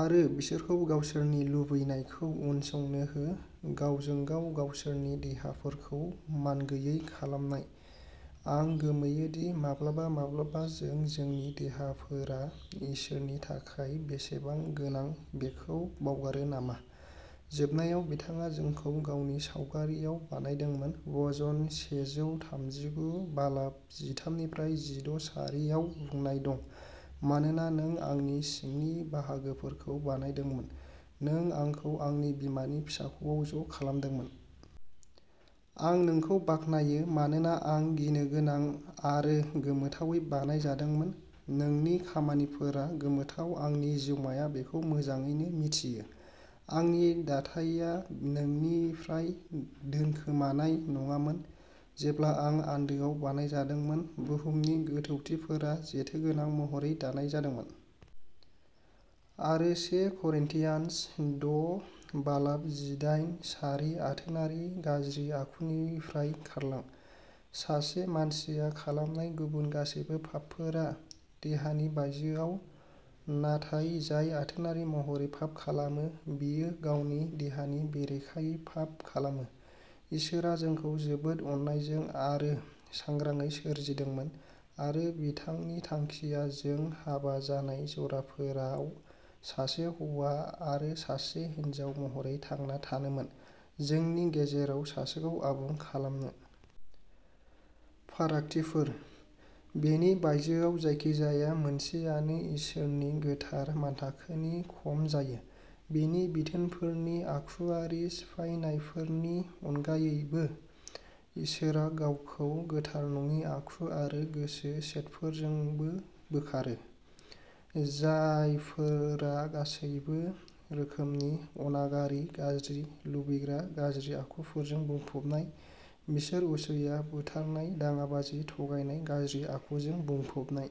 आरो बिसोरखौ गावसोरनि लुबैनायखौ उनसंनो हो गावजों गाव गावसोरनि देहाफोरखौ मानगैयै खालामनाय। आं गोमोयो दि माब्लाबा माब्लाबा जों जोंनि देहाफोरा इसोरनि थाखाय बेसेबां गोनां बेखौ बावगारो नामा? जोबनायाव बिथाङा जोंखौ गावनि सावगारिआव बानायदोंमोन भजन सेजौ थामजिगु बालाब जिथामनिफ्राइ जिद’ सारि आव बुंनाय दं मानोना नों आंनि सिंनि बाहागोफोरखौ बानायदोंमोन नों आंखौ आंनि बिमानि फिसाख'आव ज' खालामदोंमोन। आं नोंखौ बाख्नायो, मानोना आं गिनो गोनां आरो गोमोथावै बानायजादोंमोन। नोंनि खामानिफोरा गोमोथाव आंनि जिउमाया बेखौ मोजाङैनो मिथियो। आंनि दाथाया नोंनिफ्राय दोनखोमानाय नङामोन जेब्ला आं आन्दोआव बानायजादोंमोन, बुहुमनि गोथौथिफोराव जेथोगोनां महरै दानाय जादोंमोन'। आरो से करिन्थियान्स द’ बालाब जिदाइन सारि आथोनारि गाज्रि आखुनिफ्राय खारलां। सासे मानसिया खालामनाय गुबुन गासैबो पापफोरा देहानि बायजोआव, नाथाय जाय आथोनारि महरै पाप खालामो, बियो गावनि देहानि बेरेखायै फाफ खालामो। इसोरआ जोंखौ जोबोद अननायजों आरो सांग्राङै सोरजिदोंमोन आरो बिथांनि थांखिया जों हाबा जानाय जराफोराव सासे हौवा आरो सासे हिनजाव महरै थांना थानोमोन, जोंनि गेजेराव सासेखौ आबुं खालामनो। फारागथिफोर। बेनि बायजोआव जायखिजाया मोनसेआनो इसोरनि गोथार मानथाखोनि खम जायो। बिनि बिथोनफोरनि आखुयारि सिफायनायफोरनि अनगायैबो, इसोरआ गावखौ गोथार नङि आखु आरो गोसो सेटफोरजोंबो बोखारो, जायफोरा'गासैबो रोखोमनि अनागारि, गाज्रि, लुबैग्रा, गाज्रि आखुफोरजों बुंफबनाय। बिसोर असुया, बुथारनाय, दाङाबाजि, थगायनाय, गाज्रि आखुजों बुंफबनाय।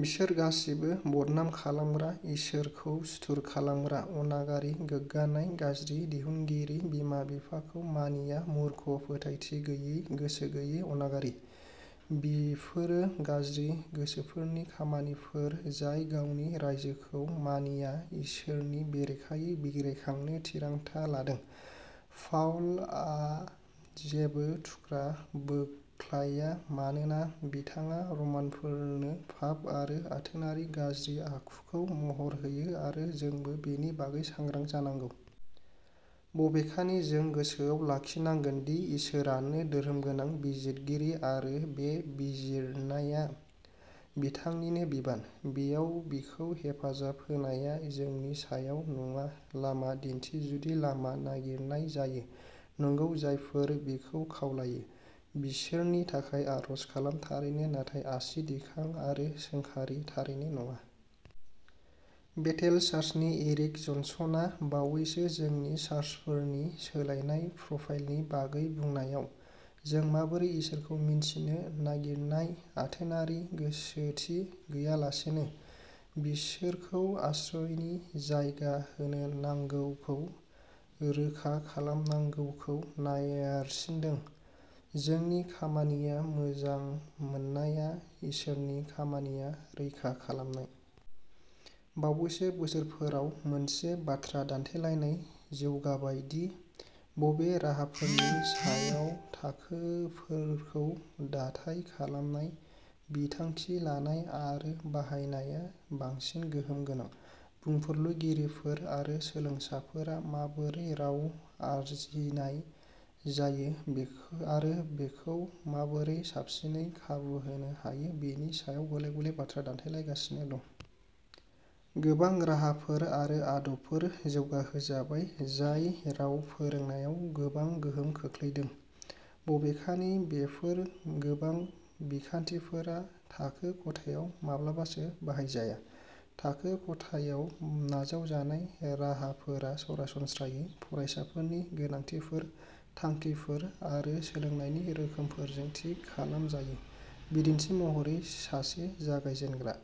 बिसोर गासिबो, बदनाम खालामग्रा, इसोरखौ सुथुर खालामग्रा, अनागारि, गोग्गानाय, गाज्रि दिहुनगिरि बिमा-बिफाखौ मानिया, मुर्ख फोथायथि गैयै, गोसो गैयै, अनागारि। बेफोरो गाज्रि गोसोफोर'नि खामानिफोर जाय गावनि रायजोखौ मानिना इसोरनि बेरेखायै बिग्रायखांनो थिरांथा लादों। पाउलआ जेबो थुख्रा बोख्लाया मानोना बिथाङा रमानफोरनो पाप आरो आथोनारि गाज्रि आखुखौ महर होयो आरो जोंबो बेनि बागै सांग्रां जानांगौ। बबेखानि, जों गोसोआव लाखिनांगोन दि इसोरानो धोरोमगोनां बिजिरगिरि आरो बे बिजिरनाया बिथांनिनो बिबान। बेयाव बिखौ हेफाजाब होनाया जोंनि सायाव नङा लामा दिन्थि जुदि लामा नागिरनाय जायो नंगौ जायफोर बेखौ खावलायो, बिसोरनि थाखाय आर'ज खालाम थारैनो नाथाय आसि दिखां आरो सोंखारि थारैनो नङा। बेथेल चार्चनि एरिक जनसनआ, बावैसो जोंनि चार्चफोरनि सोलायनाय प्रफाइलनि बागै बुंनायाव, जों माबोरै इसोरखौ मिन्थिनो नागिरनाय आथोनारि गोसोथि गैयालासेनो, बिसोरखौ आश्रयनि जायगा होनो नांगौखौ रोखा खालामनांगौखौ नायरसिनदों। जोंनि खामानिया मोजां मोननाया, इसोरनि खामानिया रैखा खालामनाय। बावैसो बोसोरफोराव मोनसे बाथ्रा दान्थेलायनाय जौगाबाय दि बबे राहाफोरनि सायाव थाखोफोरखौ दाथाय खालामनाय, बिथांखि लानाय आरो बाहायनाया बांसिन गोहोम गोनां। बुंफुरलुगिरिफोर आरो सोलोंसाफोरा माबोरै राव आरजिनाय जायो आरो बेखौ माबोरै साबसिनै खाबु होनो हायो बेनि सायाव गले गले बाथ्रा दान्थेलायगासिनो दं। गोबां राहाफोर आरो आदबफोर जौगाहोजाबाय जाय राव फोरोंनायाव गोबां गोहोम खोख्लैदों, बबेखानि बेफोर गोबां बिखान्थिफोरा थाखो खथायाव माब्लाबासो बाहायजाया। थाखो खथायाव नाजावजानाय राहाफोरा सरासनस्रायै फरायसाफोरनि गोनांथिफोर, थांखिफोर आरो सोलोंनायनि रोखोमफोरजों थि खालामजायो। बिदिन्थि महरै सासे जागायजेनग्रा।